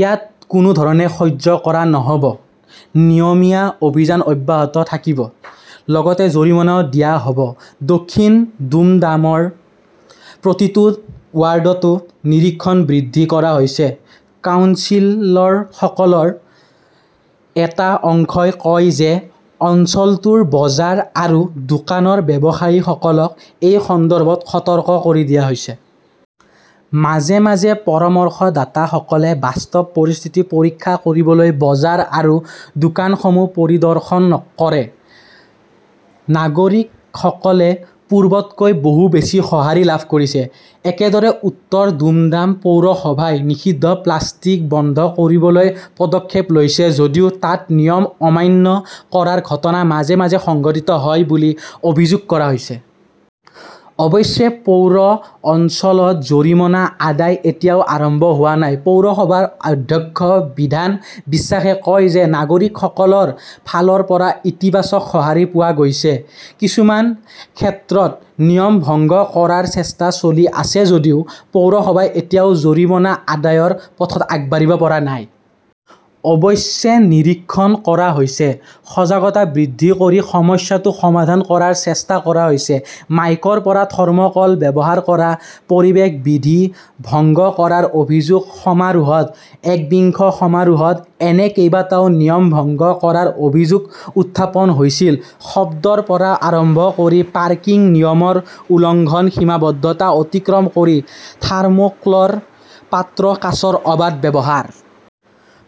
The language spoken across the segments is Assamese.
ইয়াক কোনো ধৰণে সহ্য কৰা নহ "ব। নিয়মীয়া অভিযান অব্যাহত থাকিব। লগতে জৰিমনাও দিয়া হ "ব। দক্ষিণ দুমডামৰ প্ৰতিটো ৱাৰ্ডতো নিৰীক্ষণ বৃদ্ধি কৰা হৈছে। কাউন্সিলৰসকলৰ এটা অংশই কয় যে অঞ্চলটোৰ বজাৰ আৰু দোকানৰ ব্যৱসায়ীসকলক এই সন্দৰ্ভত সতৰ্ক কৰি দিয়া হৈছে। মাজে মাজে পৰামৰ্শদাতাসকলে বাস্তৱ পৰিস্থিতি পৰীক্ষা কৰিবলৈ বজাৰ আৰু দোকানসমূহ পৰিদৰ্শন কৰে। নাগৰিকসকলে পূৰ্বতকৈ বহু বেছি সঁহাৰি লাভ কৰিছে। একেদৰে, উত্তৰ দুমডাম পৌৰসভাই নিষিদ্ধ প্লাষ্টিক বন্ধ কৰিবলৈ পদক্ষেপ লৈছে। যদিও তাত নিয়ম অমান্য কৰাৰ ঘটনা মাজে মাজে সংঘটিত হয় বুলি অভিযোগ কৰা হৈছে। অৱশ্যে, পৌৰ অঞ্চলত জৰিমনা আদায় এতিয়াও আৰম্ভ হোৱা নাই। পৌৰসভাৰ অধ্যক্ষ বিধান বিশ্বাসে কয় যে নাগৰিকসকলৰ ফালৰ পৰা ইতিবাচক সঁহাৰি পোৱা গৈছে। কিছুমান ক্ষেত্ৰত নিয়ম ভংগ কৰাৰ চেষ্টা চলি আছে যদিও পৌৰসভাই এতিয়াও জৰিমনা আদায়ৰ পথত আগবাঢ়িব পৰা নাই। অৱশ্যে, নিৰীক্ষণ কৰা হৈছে। সজাগতা বৃদ্ধি কৰি সমস্যাটো সমাধান কৰাৰ চেষ্টা কৰা হৈছে। মাইকৰ পৰা থৰ্ম "কল ব্যৱহাৰ কৰা, পৰিৱেশ বিধি ভংগ কৰাৰ অভিযোগ সমাৰোহত একবিংশ সমাৰোহত এনে কেইবাটাও নিয়ম ভংগ কৰাৰ অভিযোগ উত্থাপন হৈছিল-শব্দৰ পৰা আৰম্ভ কৰি পাৰ্কিং-নিয়মৰ উলংঘন, সীমাবদ্ধতা অতিক্ৰম কৰি থাৰ্মোক্লৰ পাত্ৰ-কাঁচৰ অবাধ ব্যৱহাৰ।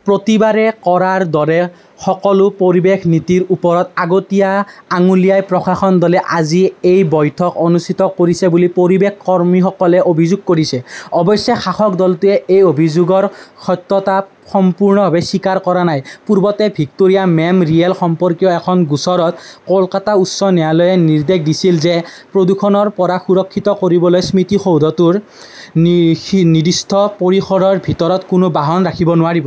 প্ৰতিবাৰে কৰাৰ দৰে সকলো পৰিৱেশ নীতিৰ ওপৰত আগতীয়া আঙুলিয়াই প্ৰশাসন দলে আজি এই বৈঠক অনুষ্ঠিত কৰিছে বুলি পৰিৱেশ কৰ্মীসকলে অভিযোগ কৰিছে। অৱশ্যে শাসক দলটোৱে এই অভিযোগৰ সত্যতা সম্পূৰ্ণৰূপে স্বীকাৰ কৰা নাই। পূৰ্বতে ভিক্টোৰিয়া মেম "ৰিয়েল সম্পৰ্কীয় এখন গোচৰত কলকাতা উচ্চ ন্যায়ালয়ে নিৰ্দেশ দিছিল যে প্ৰদূষণৰ পৰা সুৰক্ষিত কৰিবলৈ স্মৃতিসৌধটোৰ নিৰ্দিষ্ট পৰিসৰৰ ভিতৰত কোনো বাহন ৰাখিব নোৱাৰি।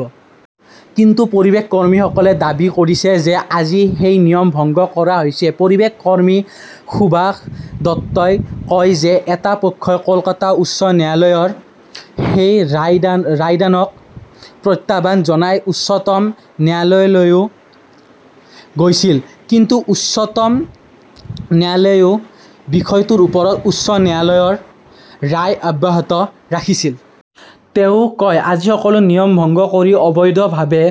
কিন্তু পৰিৱেশ কৰ্মীসকলে দাবী কৰিছে যে আজি সেই নিয়ম ভংগ কৰা হৈছে। পৰিৱেশ কৰ্মী সুভাষ দত্তই কয় যে এটা পক্ষই কলকাতা উচ্চ ন্যায়ালয়ৰ সেই ৰায়দানক প্ৰত্যাহ্বান জনাই উচ্চতম ন্যায়ালয়লৈও গৈছিল। কিন্তু উচ্চতম ন্যায়ালয়েও বিষয়টোৰ ওপৰত উচ্চ ন্যায়ালয়ৰ ৰায় অব্যাহত ৰাখিছিল। তেওঁ কয়, "আজি সকলো নিয়ম ভংগ কৰি অবৈধভাৱে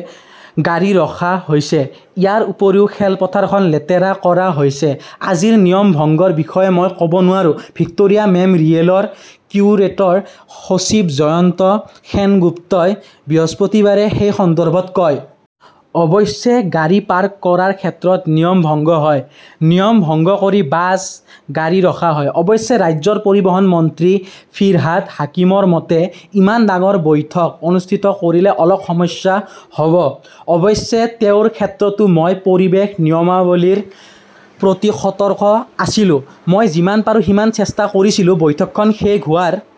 গাড়ী ৰখা হৈছে। ইয়াৰ উপৰিও খেলপথাৰখন লেতেৰা কৰা হৈছে। "আজিৰ নিয়ম ভংগৰ বিষয়ে মই ক" ব নোৱাৰো ", ভিক্টোৰিয়া মেম" ৰিয়েলৰ কিউৰেটৰ-সচিব জয়ন্ত সেনগুপ্তই বৃহস্পতিবাৰে এই সন্দৰ্ভত কয়। অৱশ্যে, গাড়ী পাৰ্ক কৰাৰ ক্ষেত্ৰত নিয়ম ভংগ হয়। নিয়ম ভংগ কৰি বাছ, গাড়ী ৰখা হয়। "অৱশ্যে, ৰাজ্যৰ পৰিবহণ মন্ত্ৰী ফিৰহাদ হাকিমৰ মতে," ইমান ডাঙৰ বৈঠক অনুষ্ঠিত কৰিলে অলপ সমস্যা হ "ব। অৱশ্যে, তেওঁৰ ক্ষেত্ৰতো, মই পৰিৱেশ নিয়মাৱলীৰ প্ৰতি সতৰ্ক আছিলো। মই যিমান পাৰো সিমান চেষ্টা কৰিছিলো। বৈঠকখন শেষ হোৱাৰ